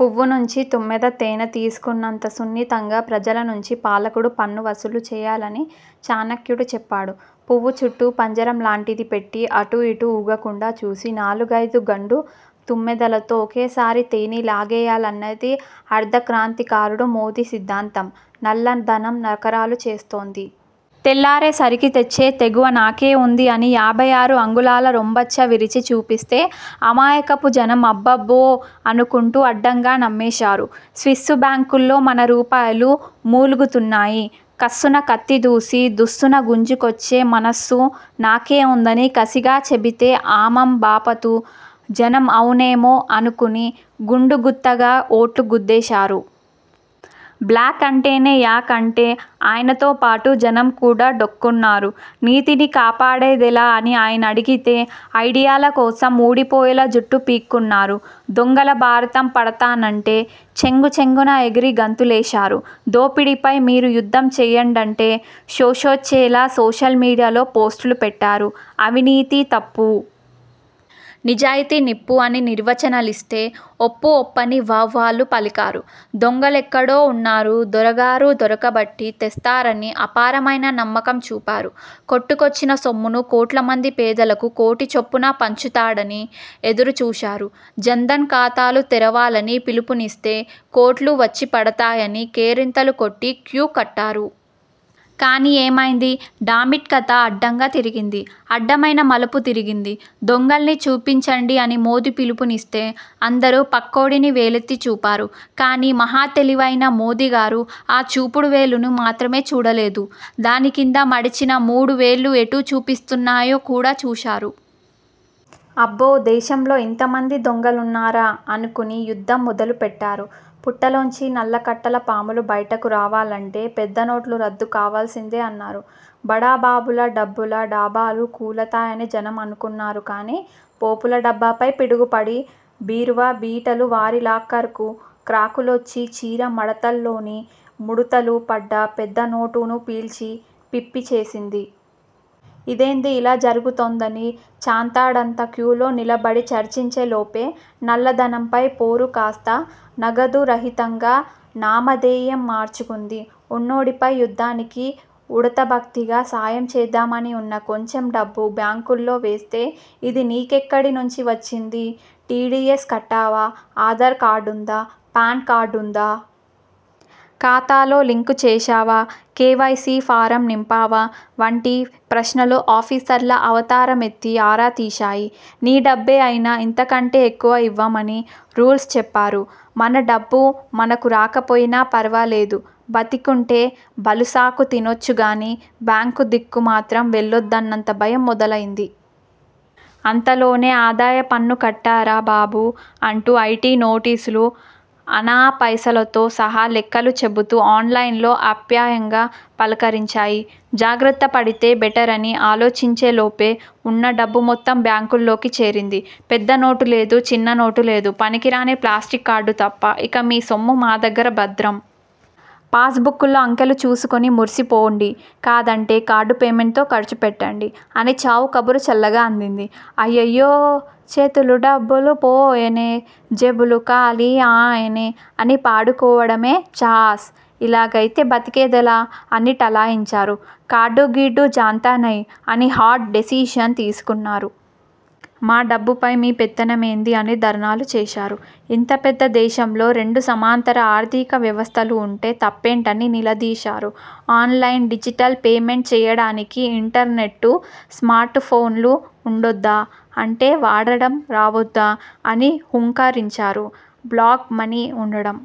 పువ్వు నుంచి తుమ్మెద తేనె తీసుకున్నంత సున్నితంగా ప్రజల నుంచి పాలకుడు పన్ను వసూలు చేయాలని చాణక్యుడు చెప్పాడు. పువ్వు చుట్టూ పంజరంలాంటిది పెట్టి, అటూ ఇటూ ఊగకుండా చూసి, నాలుగైదు గండు తుమ్మెదలతో ఒకేసారి తేనె లాగేయాలన్నది అర్థక్రాంతికారుడు మోదీ సిద్ధాంతం. నల్ల ధనం నకరాలు చేస్తోంది. తెల్లారేసరికి తెచ్చే తెగువ నాకే ఉందిఅని యాభై ఆరు అంగుళాల రొంబచ్చ విరిచి చూపిస్తే.. అమాయకపు జనం అబ్బబ్బో అనుకుంటూ అడ్డంగా నమ్మేశారు. స్విస్సు బ్యాంకుల్లో మన రూపాయలు మూలుగుతున్నాయి. కస్సున కత్తిదూసి దస్సున గుంజుకొచ్చే మనస్సు నాకే ఉందని కసిగా చెబితేఅమాం బాపతు జనం అవునేమో అనుకుని గుండుగుత్తగా ఓట్లు గుద్దేశారు. బ్లాక్ అంటేనే యాక్ అంటే ఆయనతోపాటు జనం కూడా డోక్కున్నారు. నీతిని కాపాడెదెలా అని ఆయనడిగితే.. ఐడియాల కోసం ఊడిపోయేలా జుట్టు పీక్కున్నారు. దొంగల భరతం పడతానంటే చెంగుచెంగున ఎగిరి గంతులేశారు. దోపిడీపై మీరూ యుద్ధం చేయండంటే శోషొచ్చేలా సోషల్ మీడియాలో పోస్టులు పెట్టారు. అవినీతి తప్పు.. నిజాయతీ నిప్పు అని నిర్వచనాలిస్తే ఒప్పు ఒప్పని వహ్వాలు పలికారు. దొంగలెక్కడో ఉన్నారు. దొరగారు దొరకబట్టి తెస్తారని అపారమైన నమ్మకం చూపారు. కొట్టుకొచ్చిన సొమ్మును కోట్ల మంది పేదలకు కోటి చొప్పున పంచుతాడని ఎదురుచూశారు! జన్ధన్ ఖాతాలు తెరవాలని పిలుపునిస్తే, కోట్లు వచ్చి పడతాయని కేరింతలు కొట్టి క్యూ కట్టారు! కానీ ఏమైంది?! డామిట్కథ అడ్డంగా తిరిగింది!! అడ్డమైన మలుపు తిరిగింది!!! దొంగల్ని చూపించండి అని మోదీ పిలుపునిస్తే అందరూ పక్కోడిని వేలెత్తి చూపారు. కానీ మహా తెలివైన మోదీగారు ఆ చూపుడు వేలును మాత్రమే చూడలేదు. దానికింద మడిచిన మూడువేళ్లు ఎటు చూపిస్తున్నాయో కూడా చూశారు. అబ్బో దేశంలో ఇంతమంది దొంగలున్నారా అనుకుని యుద్ధం మొదలుపెట్టారు. పుట్టల్లోంచి నల్ల కట్టల పాములు బయటకు రావాలంటే పెద్ద నోట్లు రద్దు కావాల్సిందే అన్నారు. బడాబాబుల డబ్బుల డాబాలు కూలతాయని జనం అనుకున్నారు. కానీ పోపుల డబ్బాపై పిడుగు పడి.. బీరువా బీటలు వారిలాకర్కు క్రాకులొచ్చిచీర మడతల్లోని ముడుతలు పడ్డ పెద్ద నోటును పీల్చి పిప్పి చేసింది. ఇదేంది ఇలా జరుగుతోందని.. చాంతాడంత క్యూలో నిలబడి చర్చించేలోపే.. నల్లధనంపై పోరు కాస్తా నగదురహితంగా నామధేయం మార్చుకుంది! ఉన్నోడిపై యుద్ధానికి ఉడతాభక్తిగా సాయం చేద్దామని ఉన్న కొంచెం డబ్బు బ్యాంకులో వేస్తే.. ఇది నీకెక్కడి నుంచి వచ్చింది? టీడీఎస్ కట్టావా? ఆధార్ కార్డుందా? పాన్ కార్డుందా? ఖాతాతో లింక్ చేశావా? కేవైసీ ఫారం నింపావా? వంటి ప్రశ్నలు ఆఫీసర్ల అవతారమెత్తి ఆరా తీశాయి. నీ డబ్బే అయినా ఇంతకంటే ఎక్కువ ఇవ్వం అని రూల్స్ చెప్పారు. మన డబ్బు మనకు రాకపోయినా పర్వాలేదు. బతికుంటే బలుసాకు తినొచ్చుగానీ బ్యాంకు దిక్కు మాత్రం వెళ్లొద్దన్నంత భయం మొదలైంది. అంతలోనే ఆదాయపన్ను కట్టరా బాబూ అంటూ ఐటీ నోటీసులుఅణా పైసలతో సహా లెక్కలు చెబుతూఆన్లైన్లో ఆప్యాయంగా పలకరించాయి. జాగ్రత్త పడితే బెటరని ఆలోచించేలోపేఉన్న డబ్బు మొత్తం బ్యాంకులోకి చేరింది. పెద్ద నోటూ లేదు. చిన్న నోటూ లేదు. పనికిరాని ప్లాస్టిక్ కార్డు తప్ప! ఇక మీ సొమ్ము మా దగ్గర భద్రం.. పాస్ బుక్కుల్లో అంకెలు చూసుకుని మురిసిపోండి.. కాదంటే కార్డు పేమెంట్తో ఖర్చు పెట్టండి.. అని చావు కబురు చల్లగా అందింది! అయ్యయ్యో చేతులో డబ్బులు పోయెనేజేబులు ఖాళీ ఆయనే.. అని పాడుకోవడమే. ఛస్.. ఇలాగైతే బతికేదెలా అని ఠలాయించారు. కార్డు గీర్డు జాన్తా నై అని హార్డ్ డెసిషన్ తీసుకున్నారు. మా డబ్బుపై మీ పెత్తనమేంది అని ధర్నాలు చేశారు. ఇంత పెద్ద దేశంలో రెండు సమాంతర ఆర్థిక వ్యవస్థలు ఉంటే తప్పేంటని నిలదీశారు. ఆన్లైన్, డిజిటల్ పేమెంట్ చేయడానికి ఇంటర్నెట్టు, స్మార్ట్ ఫోన్లు ఉండొద్దా? ఉంటే వాడడం రావొద్దా? అని హూంకరించారు. బ్లాక్ మనీ ఉండడం